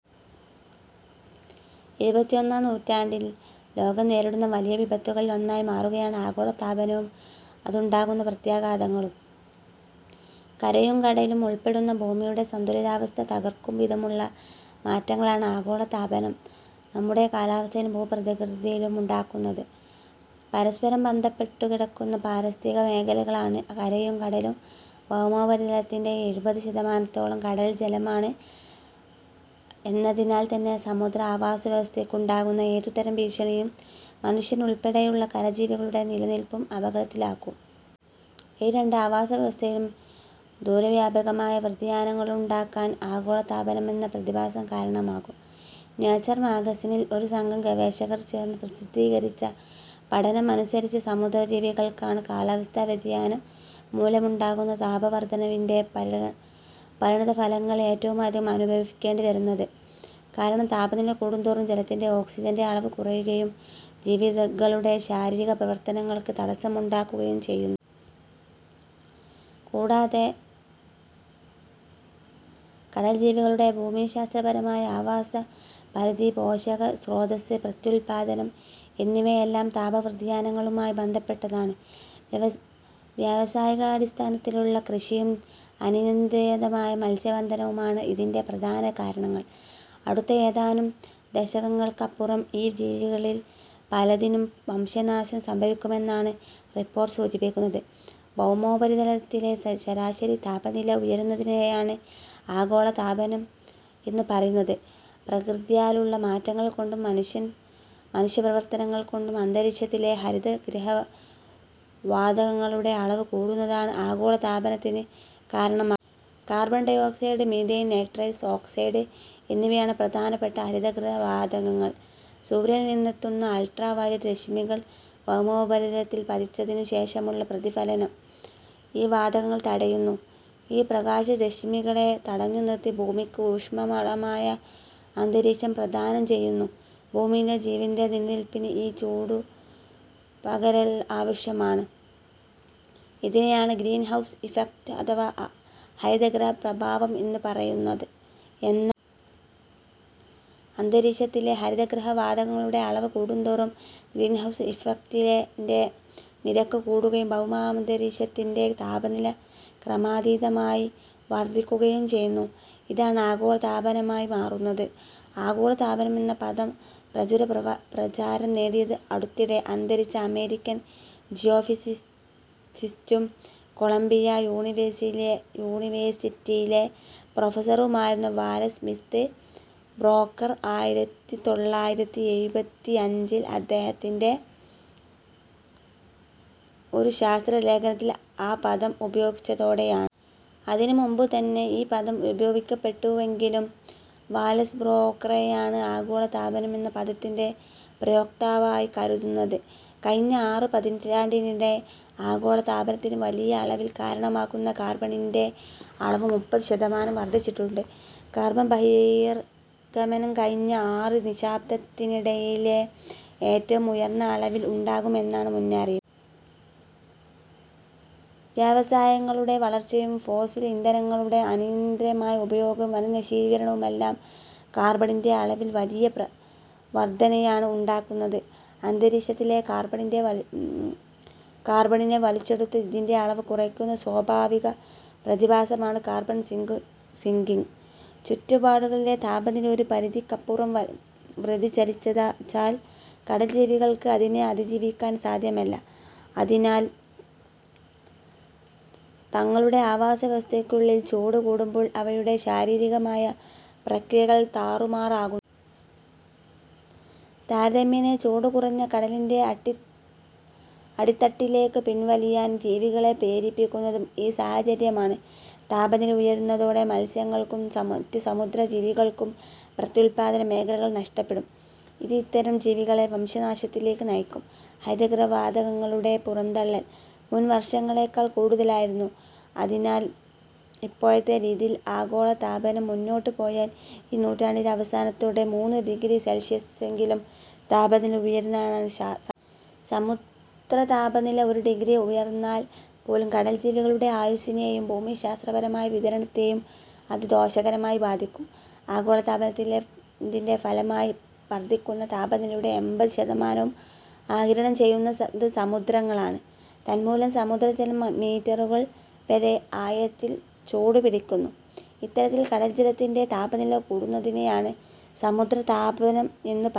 ഇരുപത്തിയൊന്നാം നൂറ്റാണ്ടിൽ ലോകം നേരിടുന്ന വലിയ വിപത്തുകളിൽ ഒന്നായി മാറുകയാണ് ആഗോളതാപനവും അതുണ്ടാക്കുന്ന പ്രത്യാഘാതങ്ങളും. കരയും കടലും ഉൾപ്പെടുന്ന ഭൂമിയുടെ സന്തുലിതാവസ്ഥ തകർക്കുംവിധമുള്ള മാറ്റങ്ങളാണ് ആഗോളതാപനം നമ്മുടെ കാലാവസ്ഥയിലും ഭൂപ്രകൃതിയിലും ഉണ്ടാക്കുന്നത്. പരസ്പരം ബന്ധപ്പെട്ടുകിടക്കുന്ന പാരിസ്ഥിതിക മേഖലകളാണ് കരയും കടലും. ഭൗമോപരിതലത്തിന്റെ എഴുപത് ശതമാനത്തോളം കടൽജലമാണ് എന്നതിനാൽ തന്നെ സമുദ്ര ആവാസവ്യവസ്ഥയ്ക്കുണ്ടാകുന്ന ഏതുതരം ഭീഷണിയും മനുഷ്യൻ ഉൾപ്പെടെയുള്ള കരജീവികളുടെ നിലനിൽപ്പും അപകടത്തിലാക്കും. ഈ രണ്ട് ആവാസവ്യവസ്ഥയും ദൂരവ്യാപകമായ വ്യതിയാനങ്ങളുണ്ടാക്കാൻ ആഗോളതാപനമെന്ന പ്രതിഭാസം കാരണമാകും. നേച്വർ മാഗസിനിൽ ഒരു സംഘം ഗവേഷകർ ചേർന്ന് പ്രസിദ്ധീകരിച്ച പഠനമനുസരിച്ച് സമുദ്രജീവികൾക്കാണ് കാലാവസ്ഥാവ്യതിയാനം മൂലമുണ്ടാകുന്ന താപവർധനവിന്റെപരിണ പരിണതഫലങ്ങൾ ഏറ്റവുമധികം അനുഭവിക്കേണ്ടിവരുന്നത്. കാരണം താപനില കൂടുന്തോറും ജലത്തിലെ ഓക്സിജന്റെ അളവ് കുറയുകയും ജീവികകളുടെ ശാരീരിക പ്രവർത്തനങ്ങൾക്ക് തടസ്സമുണ്ടാകുകയും ചെയ്യുന്നു. കൂടാതെ കടൽജീവികളുടെ ഭൂമിശാസ്ത്രപരമായ ആവാസപരിധി പോഷകസ്രോതസ്സ് പ്രത്യുത്പാദനം എന്നിവയെല്ലാം താപവ്യതിയാനങ്ങളുമായി ബന്ധപ്പെട്ടതാണ്. വ്യാവസായികാടിസ്ഥാനത്തിലുള്ള കൃഷിയും അനിയന്ത്രിതമായ മത്സ്യബന്ധനവുമാണ് ഇതിന്റെ പ്രധാന കാരണങ്ങൾ. അടുത്ത ഏതാനും ദശകങ്ങൾക്കപ്പുറം ഈ ജീവികളിൽ പലതിനും വംശനാശം സംഭവിക്കുമെന്നാണ് റിപ്പോർട്ട് സൂചിപ്പിക്കുന്നത്. ഭൗമോപരിതലത്തിലെ ശരാശരി താപനില ഉയരുന്നതിനെയാണ് ആഗോളതാപനം എന്ന് പറയുന്നത്. പ്രകൃത്യാലുള്ള മാറ്റങ്ങൾ കൊണ്ടുംമനുഷ്യൻ മനുഷ്യപ്രവർത്തനങ്ങൾ കൊണ്ടും അന്തരീക്ഷത്തിലെ ഹരിതഗൃഹവാതകങ്ങളുടെ അളവ് കൂടുന്നതാണ് ആഗോളതാപനത്തിന് കാരണമാകുന്നത്. Carbon dioxide methane nitrous oxide എന്നിവയാണ് പ്രധാനപ്പെട്ട ഹരിതഗൃഹവാതകങ്ങൾ. സൂര്യനിൽ നിന്നെത്തുന്ന അൾട്രാവയലറ്റ് രശ്മികൾ ഭൗമോപരിതലത്തിൽ പതിച്ചതിനുശേഷമുള്ള പ്രതിഫലനം ഈ വാതകങ്ങൾ തടയുന്നു. ഈ പ്രകാശരശ്മികളെ തടഞ്ഞുനിർത്തി ഭൂമിക്ക് ഊഷ്മ മളമായ അന്തരീക്ഷം പ്രദാനം ചെയ്യുന്നു. ഭൂമിയിലെ ജീവന്റെ നിലനിൽപ്പിന് ഈ ചൂടുപകരൽ ആവശ്യമാണ്. ഇതിനെയാണ് ഗ്രീൻഹൗസ് ഇഫക്ട് അഥവാഅ ഹരിതഗൃഹപ്രഭാവം എന്ന് പറയുന്നത്. എന്നാൽ അന്തരീക്ഷത്തിലെ ഹരിതഗൃഹവാതകങ്ങളുടെ അളവ് കൂടുന്തോറും ഗ്രീൻഹൗസ് ഇഫക്ടിലെന്റെ നിരക്ക് കൂടുകയും ഭൗമാന്തരീക്ഷത്തിന്റെ താപനില ക്രമാതീതമായി വർധിക്കുകയും ചെയ്യുന്നു. ഇതാണ് ആഗോളതാപനമായി മാറുന്നത്. ആഗോളതാപനം എന്ന പദം പ്രചുരപ്രഭാ പ്രചാരം നേടിയത് അടുത്തിടെ അന്തരിച്ച അമേരിക്കൻ ജിയോഫിസിസിസ്റ്റും കൊളംബിയ യൂണിവേഴ്സിലെ യൂണിവേഴ്സിറ്റിയിലെ പ്രൊഫസറുമായിരുന്ന വാലസ് സ്മിത്ത് ബ്രോക്കർ ആയിരത്തി തൊള്ളായിരത്തി എഴുപത്തിയഞ്ചിൽ അദ്ദേഹത്തിന്റെ ഒരു ശാസ്ത്രലേഖനത്തിൽ ആ പദം ഉപയോഗിച്ചതോടെയാണ്. അതിന് മുമ്പുതന്നെ ഈ പദം ഉപയോഗിക്കപ്പെട്ടുവെങ്കിലും വാലസ് ബ്രോക്കറെയാണ് ആഗോളതാപനം എന്ന പദത്തിന്റെ പ്രയോക്താവായി കരുതുന്നത്. കഴിഞ്ഞ ആറ് പതിറ്റാണ്ടിനിടെ ആഗോളതാപനത്തിന് വലിയ അളവിൽ കാരണമാകുന്ന കാർബണിന്റെ അളവ് മുപ്പത് ശതമാനം വർധിച്ചിട്ടുണ്ട്. കാർബൺ ബഹിർഗമനം കഴിഞ്ഞ ആറ് ദശാബ്ദത്തിനിടയിലെ ഏറ്റവും ഉയർന്ന അളവിൽ ഉണ്ടാകുമെന്നാണ് മുന്നറിയിപ്പ്. വ്യവസായങ്ങളുടെ വളർച്ചയും ഫോസിൽ ഇന്ധനങ്ങളുടെ അനിയന്ത്രിതമായ ഉപയോഗവും വനനശീകരണവുമെല്ലാം കാർബണിന്റെ അളവിൽ വലിയപ്ര വർധനയാണ് ഉണ്ടാക്കുന്നത്. അന്തരീക്ഷത്തിലെകാർബണിന്റെവലി കാർബണിനെ വലിച്ചെടുത്ത് ഇതിന്റെ അളവ് കുറയ്ക്കുന്ന സ്വാഭാവിക പ്രതിഭാസമാണ് കാർബൺസിങ്ക് സിങ്കിങ്. ചുറ്റുപാടുകളിലെ താപനില ഒരു പരിധിക്കപ്പുറംവലി വൃതിചലിച്ചതി താൽ കടൽജീവികൾക്ക് അതിനെ അതിജീവിക്കാൻ സാധ്യമല്ല. അതിനാൽ തങ്ങളുടെ ആവാസവ്യവസ്ഥയ്ക്കുള്ളിൽ ചൂട് കൂടുമ്പോൾ അവയുടെ ശാരീരികമായ പ്രക്രിയകൾ താറുമാറാകു താരതമ്യേന ചൂട് കുറഞ്ഞ കടലിന്റെ അടിത്ത അടിത്തട്ടിലേക്ക് പിൻവലിയാൻ ജീവികളെ പ്രേരിപ്പിക്കുന്നതും ഈ സാഹചര്യമാണ്. താപനില ഉയരുന്നതോടെ മത്സ്യങ്ങൾക്കും മറ്റ് സമുദ്രജീവികൾക്കും പ്രത്യുത്പാദനമേഖലകൾ നഷ്ടപ്പെടും. ഇത് ഇത്തരം ജീവികളെ വംശനാശത്തിലേക്ക് നയിക്കും. ഹരിതഗൃഹവാതകങ്ങളുടെ പുറന്തള്ളൽ മുൻ വർഷങ്ങളെക്കാൾ കൂടുതലായിരുന്നു. അതിനാൽ ഇപ്പോഴത്തെ രീതിയിൽ ആഗോളതാപനം മുന്നോട്ടുപോയാൽ ഈ നൂറ്റാണ്ടിന്റെ അവസാനത്തോടെ മൂന്ന് ഡിഗ്രി സെൽഷ്യസെങ്കിലും താപനില ഉയരനാണ് ശാസ സമുദ്രതാപനില ഒരു ഡിഗ്രി ഉയർന്നാൽ പോലും കടൽജീവികളുടെ ആയുസ്സിനെയും ഭൂമിശാസ്ത്രപരമായ വിതരണത്തെയും അത് ദോഷകരമായി ബാധിക്കും. ആഗോളതാപനത്തിലെ ത്തി ന്റെ ഫലമായി വർധിക്കുന്ന താപനിലയുടെ എൺപത് ശതമാനവും ആഗിരണം ചെയ്യുന്നത് സമുദ്രങ്ങളാണ്. തന്മൂലം സമുദ്രജലം മീറ്ററുകൾ വരെ ആഴത്തിൽ ചൂടുപിടിക്കുന്നു. ഇത്തരത്തിൽ കടൽജലത്തിന്റെ താപനില കൂടുന്നതിനെയാണ് സമുദ്രതാപനം എന്ന് പറ